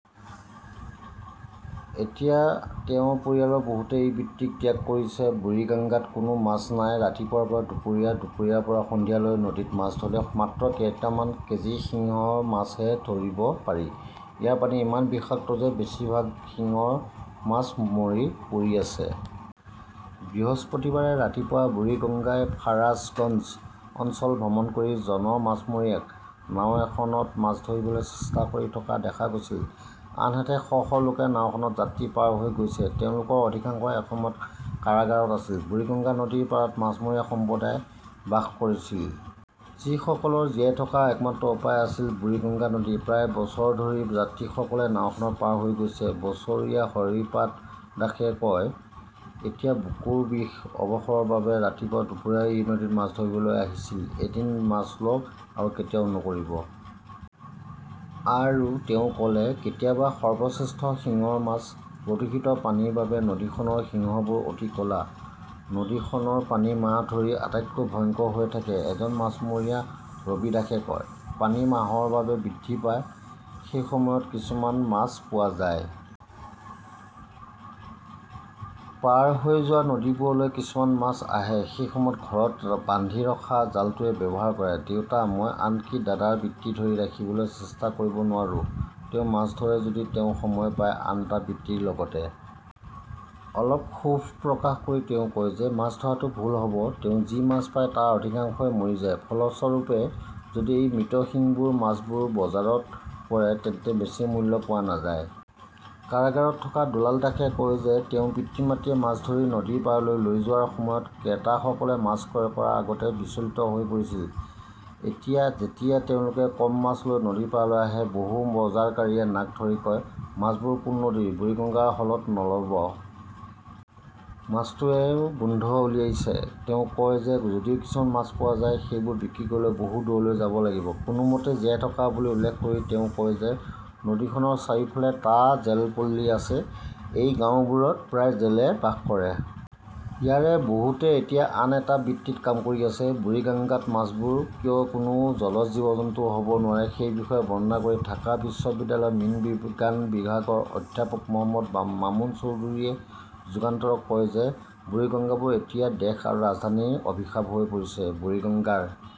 এতিয়া তেওঁৰ পৰিয়ালৰ বহুতে এই বৃত্তি ত্যাগ কৰিছে। বুৰিগাংগাত কোনো মাছ নাই, ৰাতিপুৱাৰ পৰা দুপৰীয়া, দুপৰীয়াৰ পৰা সন্ধিয়ালৈকে নদীত মাছ ধৰিলে মাত্ৰ কেইটামান কেজি সিংহ মাছহে ধৰিব পাৰি। ইয়াৰ পানী ইমান বিষাক্ত যে বেছিভাগ শিংৰ মাছ মৰি পৰি আছে। বৃহস্পতিবাৰে ৰাতিপুৱা বুৰিগংগাই ফাৰাছগঞ্জ অঞ্চল ভ্ৰমণ কৰি জন মাছমৰীয়াক নাও এখনত মাছ ধৰিবলৈ চেষ্টা কৰি থকা দেখা গৈছিল। আনহাতে, শ শ লোকে নাওখনত যাত্ৰী পাৰ হৈ গৈছে। তেওঁলোকৰ অধিকাংশই এসময়ত কাৰাগাৰত আছিল। বুৰিগঙ্গা নদীৰ পাৰত মাছমৰীয়া সম্প্ৰদায় বাস কৰিছিল। যিসকলৰ জীয়াই থকাৰ একমাত্ৰ উপায় আছিল বুৰিগঙ্গা নদী। প্ৰায় বছৰ ধৰি যাত্ৰীসকলে নাওখনত পাৰ হৈ গৈছে, বছৰীয়া হৰিপাদ দাসে কয়। এতিয়া বুকুৰ বিষ। অৱসৰৰ বাবে ৰাতিপুৱা-দুপৰীয়া এই নদীত মাছ ধৰিবলৈ আহিছিল। এদিন মাছ লওক, আৰু কেতিয়াও নকৰিব। আৰু তেওঁ ক "লে," কেতিয়াবা সৰ্বশ্ৰেষ্ঠ শিংৰ মাছ। " প্ৰদূষিত পানীৰ বাবে নদীখনৰ সিংহবোৰ অতি ক 'লা। নদীখনৰ পানী মাহ ধৰি আটাইতকৈ ভয়ংকৰ হৈ থাকে, এজন মাছমৰীয়া ৰবি দাসে কয়। পানী মাহৰ বাবে বৃদ্ধি পায়, সেই সময়ত কিছুমান মাছ পোৱা যায়। পাৰ হৈ যোৱা নদীবোৰলৈ কিছুমান মাছ আহে। সেই সময়ত ঘৰত বান্ধি ৰখা জালটোৱে ব্যৱহাৰ কৰে। দেউতা, মই আনকি দাদাৰ বৃত্তি ধৰি ৰাখিবলৈ চেষ্টা কৰিব নোৱাৰোঁ। তেওঁ মাছ ধৰে যদি তেওঁ সময় পায়, আন এটা বৃত্তিৰ লগতে। অলপ ক্ষোভ প্ৰকাশ কৰি তেওঁ কয় যে মাছ ধৰাটো ভুল হ "ব, তেওঁ যি মাছ পায় তাৰ অধিকাংশই মৰি যায়। ফলস্বৰূপে, যদি এই মৃত শিংবোৰ মাছবোৰ বজাৰত পৰে তেন্তে বেছি মূল্য পোৱা নাযায়। কাৰাগাৰত থকা দুলাল দাসে কয় যে তেওঁৰ পিতৃ-মাতৃয়ে মাছ ধৰি নদীৰ পাৰলৈ লৈ যোৱাৰ সময়ত ক্ৰেতাসকলে মাছ ক্ৰয় কৰাৰ আগতে বিচলিত হৈ পৰিছিল। এতিয়া যেতিয়া তেওঁলোকে কম মাছ লৈ নদীৰ পাৰলৈ আহে, বহু বজাৰকাৰীয়ে নাক ধৰি কয়, 'মাছবোৰ কোন নদীৰ, বুৰিগঙ্গাৰ হলত নল' ব। মাছটোৱেও গোন্ধ উলিয়াইছে। "তেওঁ কয় যে যদিও কিছুমান মাছ পোৱা যায়, সেইবোৰ বিক্ৰী কৰিবলৈ বহু দূৰলৈ যাব লাগিব। কোনোমতে জীয়াই থকা বুলি উল্লেখ কৰি তেওঁ কয় যে নদীখনৰ চাৰিওফালে টা জেলপল্লী আছে। এই গাওঁবোৰত প্ৰায় জেলে বাস কৰে। ইয়াৰে বহুতে এতিয়া আন এটা বৃত্তিত কাম কৰি আছে। বুৰিগাংগাত মাছবোৰ কিয় কোনো জলজ জীৱ-জন্তু হ "ব নোৱাৰে সেই বিষয়ে বৰ্ণনা কৰি ঢাকা বিশ্ববিদ্যালয়ৰ মীন বিজ্ঞান বিভাগৰ অধ্যাপক মহম্মদ মামুন চৌধুৰীয়ে যুগান্তৰক কয় যে বুৰিগংগাবোৰ এতিয়া দেশ আৰু ৰাজধানীৰ অভিশাপ হৈ পৰিছে। বুৰিগঙ্গাৰ